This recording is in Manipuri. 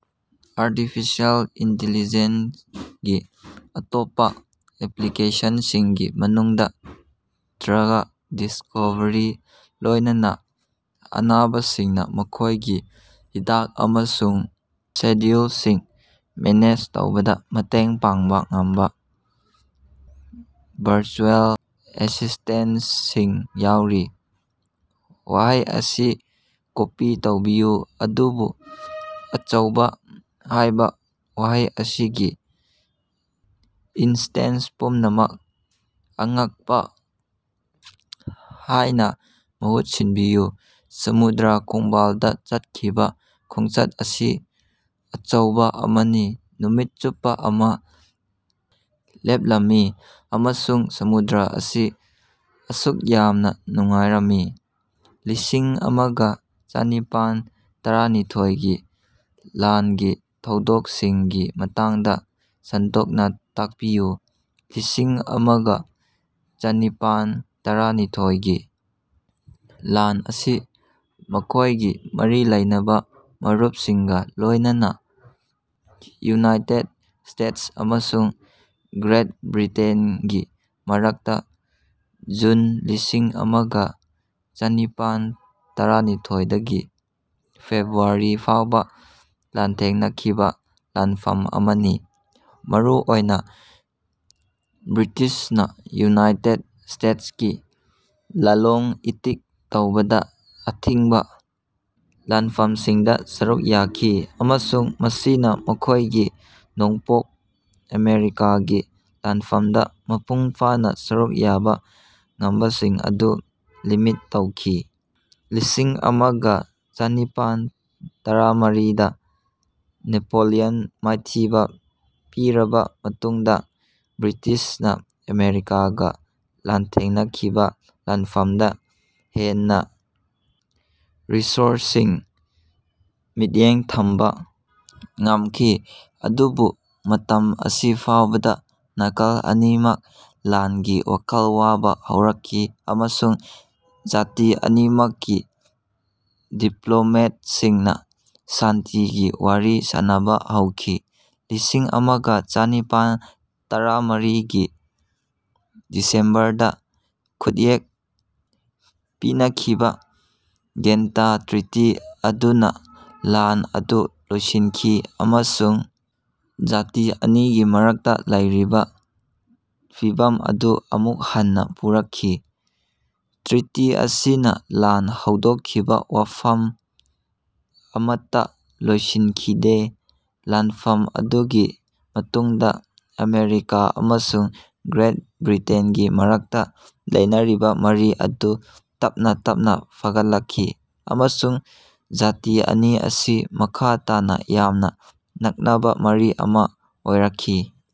ꯑꯥꯔꯇꯤꯐꯤꯁ꯭ꯌꯜ ꯏꯟꯇꯦꯂꯤꯖꯦꯟꯁꯒꯤ ꯑꯇꯣꯞꯄ ꯑꯦꯄ꯭ꯂꯤꯀꯦꯁꯟꯁꯤꯡꯒꯤ ꯃꯅꯨꯡꯗ ꯗ꯭ꯔꯒ ꯗꯤꯁꯀꯣꯚꯔꯤ, ꯂꯣꯏꯅꯅ ꯑꯅꯥꯕꯁꯤꯡꯅ ꯃꯈꯣꯏꯒꯤ ꯍꯤꯗꯥꯛ ꯑꯃꯁꯨꯡ ꯁꯦꯗ꯭ꯌꯨꯜꯁꯤꯡ ꯃꯦꯅꯦꯖ ꯇꯧꯕꯗ ꯃꯇꯦꯡ ꯄꯥꯡꯕ ꯉꯝꯕ ꯚꯔꯆꯨꯑꯦꯜ ꯑꯦꯁꯤꯁꯇꯦꯟꯇꯁꯤꯡ ꯌꯥꯎꯔꯤ꯫ ꯋꯥꯍꯩ ꯑꯁꯤ ꯀꯣꯄꯤ ꯇꯧꯕꯤꯌꯨ ꯑꯗꯨꯕꯨ "ꯑꯆꯧꯕ" ꯍꯥꯏꯕ ꯋꯥꯍꯩ ꯑꯁꯤꯒꯤ ꯏꯟꯁꯇꯦꯟꯁ ꯄꯨꯝꯅꯃꯛ "ꯑꯉꯛꯄ" ꯍꯥꯏꯅ ꯃꯍꯨꯠ ꯁꯤꯟꯕꯤꯌꯨ꯫ ꯁꯃꯨꯗ꯭ꯔ ꯈꯣꯡꯕꯥꯜꯗ ꯆꯠꯈꯤꯕ ꯈꯣꯡꯆꯠ ꯑꯁꯤ ꯑꯆꯧꯕ ꯑꯃꯅꯤ ꯅꯨꯃꯤꯠ ꯆꯨꯞꯄ ꯑꯃ ꯂꯦꯞꯂꯝꯃꯤ ꯑꯃꯁꯨꯡ ꯁꯃꯨꯗ꯭ꯔ ꯑꯁꯤ ꯑꯁꯨꯛ ꯌꯥꯝꯅ ꯅꯨꯡꯉꯥꯏꯔꯝꯃꯤ꯫ ꯂꯤꯁꯤꯡ ꯑꯃꯒ ꯆꯅꯤꯄꯥꯟ ꯇꯔꯥꯅꯤꯊꯣꯏꯒꯤ ꯂꯥꯟꯒꯤ ꯊꯧꯗꯣꯛꯁꯤꯡꯒꯤ ꯃꯇꯥꯡꯗ ꯁꯟꯗꯣꯛꯅ ꯇꯥꯛꯄꯤꯌꯨ꯫ ꯂꯤꯁꯤꯡ ꯑꯃꯒ ꯆꯅꯤꯄꯥꯟ ꯇꯔꯥꯅꯤꯊꯣꯏꯒꯤ ꯂꯥꯟ ꯑꯁꯤ ꯃꯈꯣꯏꯒꯤ ꯃꯔꯤ ꯂꯩꯅꯕ ꯃꯔꯨꯞꯁꯤꯡꯒ ꯂꯣꯏꯅꯅ ꯌꯨꯅꯥꯏꯇꯦꯗ ꯁ꯭ꯇꯦꯇꯁ ꯑꯃꯁꯨꯡ ꯒ꯭ꯔꯦꯠ ꯕ꯭ꯔꯤꯇꯦꯟꯒꯤ ꯃꯔꯛꯇ ꯖꯨꯟ ꯂꯤꯁꯤꯡ ꯑꯃꯒ ꯆꯅꯤꯄꯥꯟ ꯇꯔꯥꯅꯤꯊꯣꯏ ꯗꯒꯤ ꯐꯦꯕ꯭ꯔꯨꯋꯥꯔꯤ ꯐꯥꯎꯕ ꯂꯥꯟꯊꯦꯡꯅꯈꯤꯕ ꯂꯥꯟꯐꯝ ꯑꯃꯅꯤ, ꯃꯔꯨ ꯑꯣꯏꯅ ꯕ꯭ꯔꯤꯇꯤꯁꯅ ꯌꯨꯅꯥꯏꯇꯦꯗ ꯁ꯭ꯇꯦꯇꯁ ꯀꯤ ꯂꯂꯣꯟ-ꯏꯇꯤꯛ ꯇꯧꯕꯗ ꯑꯊꯤꯡꯕ ꯂꯥꯟꯐꯝꯁꯤꯡꯗ ꯁꯔꯨꯛ ꯌꯥꯈꯤ, ꯑꯃꯁꯨꯡ ꯃꯁꯤꯅ ꯃꯈꯣꯏꯒꯤ ꯅꯣꯡꯄꯣꯛ ꯑꯃꯦꯔꯤꯀꯥꯒꯤ ꯂꯥꯟꯐꯃꯗ ꯃꯄꯨꯡ ꯐꯥꯅ ꯁꯔꯨꯛ ꯌꯥꯕ ꯉꯝꯕꯁꯤꯡ ꯑꯗꯨ ꯂꯤꯃꯤꯠ ꯇꯧꯈꯤ꯫ ꯂꯤꯁꯤꯡ ꯑꯃꯒ ꯆꯅꯤꯄꯥꯟ ꯇꯔꯥꯃꯔꯤꯗ ꯅꯦꯄꯣꯂꯤꯌꯟ ꯃꯥꯏꯊꯤꯕ ꯄꯤꯔꯕ ꯃꯇꯨꯡꯗ ꯕ꯭ꯔꯤꯇꯤꯁꯅ ꯑꯃꯦꯔꯤꯀꯥꯒ ꯂꯥꯟꯊꯦꯡꯅꯈꯤꯕ ꯂꯥꯟꯐꯃꯗ ꯍꯦꯟꯅ ꯔꯤꯁꯣꯔꯁꯁꯤꯡ ꯃꯤꯠꯌꯦꯡ ꯊꯝꯕ ꯉꯝꯈꯤ꯫ ꯑꯗꯨꯕꯨ ꯃꯇꯝ ꯑꯁꯤ ꯐꯥꯎꯕꯗ ꯅꯥꯀꯜ ꯑꯅꯤꯃꯛ ꯂꯥꯟꯒꯤ ꯋꯥꯈꯜ ꯋꯥꯕ ꯍꯧꯔꯛꯈꯤ ꯑꯃꯁꯨꯡ ꯖꯥꯇꯤ ꯑꯅꯤꯃꯛꯀꯤ ꯗꯤꯄ꯭ꯂꯣꯃꯦꯠꯁꯤꯡꯅ ꯁꯥꯟꯇꯤꯒꯤ ꯋꯥꯔꯤ ꯁꯥꯅꯕ ꯍꯧꯈꯤ꯫ ꯂꯤꯁꯤꯡ ꯑꯃꯒ ꯆꯅꯤꯄꯥꯟ ꯇꯔꯥꯃꯔꯤꯒꯤ ꯗꯤꯁꯦꯝꯕꯔꯗ ꯈꯨꯠꯌꯦꯛ ꯄꯤꯅꯈꯤꯕ ꯒꯦꯟꯇ ꯇ꯭ꯔꯤꯇꯤ ꯑꯗꯨꯅ ꯂꯥꯟ ꯑꯗꯨ ꯂꯣꯏꯁꯤꯟꯈꯤ ꯑꯃꯁꯨꯡ ꯖꯥꯇꯤ ꯑꯅꯤꯒꯤ ꯃꯔꯛꯇ ꯂꯩꯔꯤꯕ ꯐꯤꯚꯝ ꯑꯗꯨ ꯑꯃꯨꯛ ꯍꯟꯅ ꯄꯨꯔꯛꯈꯤ꯫ ꯇ꯭ꯔꯤꯇꯤ ꯑꯁꯤꯅ ꯂꯥꯟ ꯍꯧꯗꯣꯛꯈꯤꯕ ꯋꯥꯐꯝ ꯑꯃꯠꯇ ꯂꯣꯏꯁꯤꯟꯈꯤꯗꯦ꯫ ꯂꯥꯟꯐꯝ ꯑꯗꯨꯒꯤ ꯃꯇꯨꯡꯗ ꯑꯃꯦꯔꯤꯀꯥ ꯑꯃꯁꯨꯡ ꯒ꯭ꯔꯦꯠ ꯕ꯭ꯔꯤꯇꯦꯟꯒꯤ ꯃꯔꯛꯇ ꯂꯩꯅꯔꯤꯕ ꯃꯔꯤ ꯑꯗꯨ ꯇꯞꯅ ꯇꯞꯅ ꯐꯒꯠꯂꯛꯈꯤ, ꯑꯃꯁꯨꯡ ꯖꯥꯇꯤ ꯑꯅꯤ ꯑꯁꯤ ꯃꯈꯥ ꯇꯥꯅ ꯌꯥꯝꯅ ꯅꯛꯅꯕ ꯃꯔꯤ ꯑꯃ ꯑꯣꯏꯔꯛꯈꯤ꯫